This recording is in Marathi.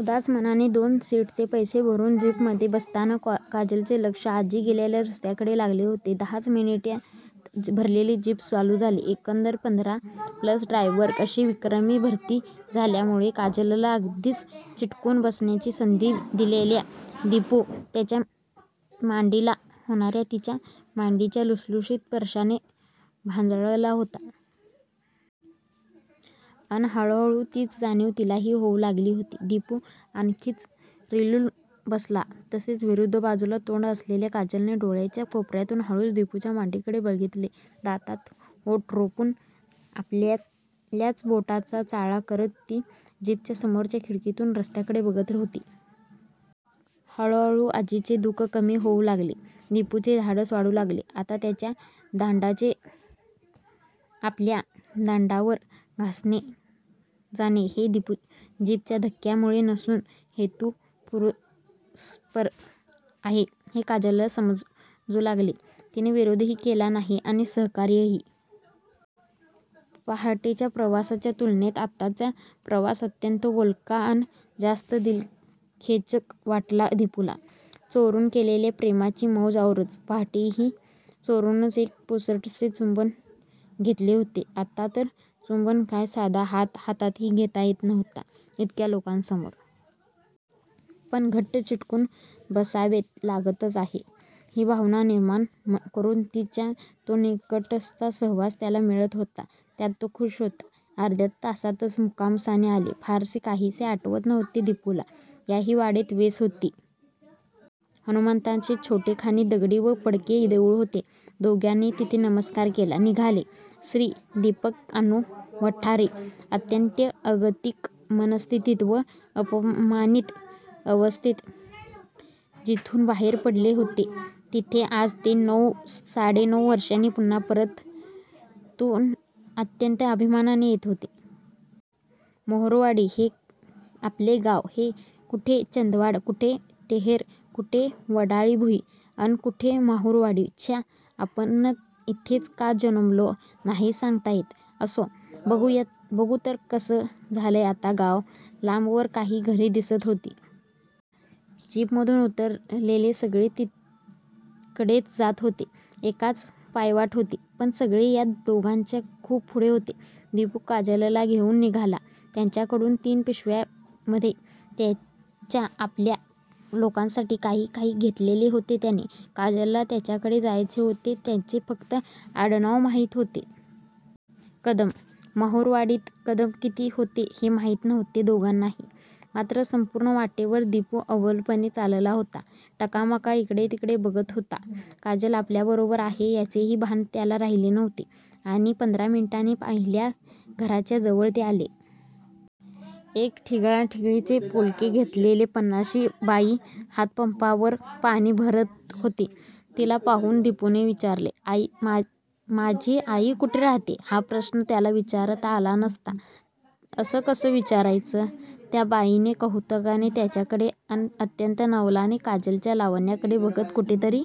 उदास मनाने दोन सीटचे पैसे भरून जीपमधे बसताना काजलचे लक्ष आजी गेलेल्या रस्त्याकडे लागले होते. दहाच मिनिटे भरलेली जीप चालू झाली. एकंदर पंधरा प्लस ड्रायव्हर अशी विक्रमी भरती झाल्यामुळे काजलला अगदीच चिकटून बसायची संधी मिळालेला दिपू त्याच्या मांडीला होणाऱ्या तिच्या मांडीच्या लुसलुशीत स्पर्शाने भंजाळला होता. अन हळूहळू तीच जाणीव तिलाही होऊ लागली होती. दिपू आणखीनच रेलून बसला तसे विरुद्ध बाजूला तोंड असलेल्या काजलने डोळ्यांच्या कोपऱ्यातून हळूच दिपूच्या मांडीकडे बघितले. दातात ओठ रोवून आपल्याच बोटांचा चाळा करत ती जीपच्या समोरच्या खिडकीतून रस्त्याकडे बघत होती. हळूहळू आजीचे दु:ख कमी होऊ लागले. दिपूचे धाडस वाढू लागले. आता त्याच्या दंडाचे आपल्या दंडावर घासले जाणे हे जीपच्या धक्क्यांमुळे नसून हेतूपुरस्पर आहे हे काजलला समजू लागले. तिने विरोधही केला नाही अन सहकार्यही! पहाटेच्या प्रवासाच्या तुलनेत आत्ताचा प्रवास अत्यंत बोलका अन जास्त दिलखेचक वाटला दिपूला. चोरून केलेल्या प्रेमाची मौज औरच! पहाटेही चोरूनच एक पुसटसे चुंबन घेतले होते. आत्ता तर चुंबन काय, साधा हातात हातही घेता येत नव्हता इतक्या लोकांसमोर! पण घट्ट चिकटून 'बसावेच लागतं आहे' ही भावना निर्माण करून तिचा जो निकटचा सहवास त्याला मिळत होता त्यात तो खुष होता. अर्ध्याच तासात मुक्कामस्थान आले. फारसे काहीही आठवत नव्हते दिपूला. याही वाडीला वेस होती. हनुमंताचे छोटेखानी दगडी व पडके देऊळ होते. दोघांनी तिथे नमस्कार केला. निघाले. श्री. दीपक अण्णू वाठारे अत्यंत अगतिक मनस्थितीत व अपमानीत अवस्थेत जिथून बाहेर पडले होते तिथे आज ते नऊ, साडे नऊ वर्षांनी पुन्हा परंतु अत्यंत अभिमानाने येत होते. महुरवाडी! हे आपले गाव? हे? कुठे चांदवड, कुठे टहेरं! कुठे वडाळी भुई! अन कुठे महुरवाडी! छ्या! आपण इथेच का जन्मलो? नाही सांगता येत! असो. बघू तर कसं झालंय आता गाव? लांबवर काही घरे दिसत होती. जीपमधून उतरलेले सगळे तिकडेच जात होते. एकाच पायवाट होती. पण सगळे या दोघांच्या खूप पुढे होते. दिपू काजलला घेऊन निघाला. त्याच्याकडून तीन पिशव्यांमधे त्याच्या 'आपल्या' लोकांसाठी काय काय घेतलेले होते त्याने. काजलला ज्यांच्याकडे जायचे होते त्यांचे फक्त आडनाव माहीत होते. कदम! महुरवाडीत कदम किती होते हे माहीत नव्हते दोघांनाही! मात्र, संपूर्ण वाटेवर दिपू अबोलपणे चालला होता. टकामका इकडे तिकडे बघत होता. काजल आपल्याबरोबर आहे याचेही भान त्याला राहिले नव्हते. आणि पंधरा मिनिटांनी पहिल्या घराच्या जवळ ते आले. एक ठिगळाठिगळांचे पोलके घातलेली पन्नाशीची बाई हातपंपावर पाणी भरत होती. तिला पाहून दिपूने विचारले. 'माझी आई कुठे राहते'! हा प्रश्नच त्याला विचारता आला नसता. असं कसं विचारायचं? त्या बाईने कुतुहलाने त्याच्याकडे अन अत्यंत नवलाने काजलच्या लावण्याकडे बघत कुठेतरी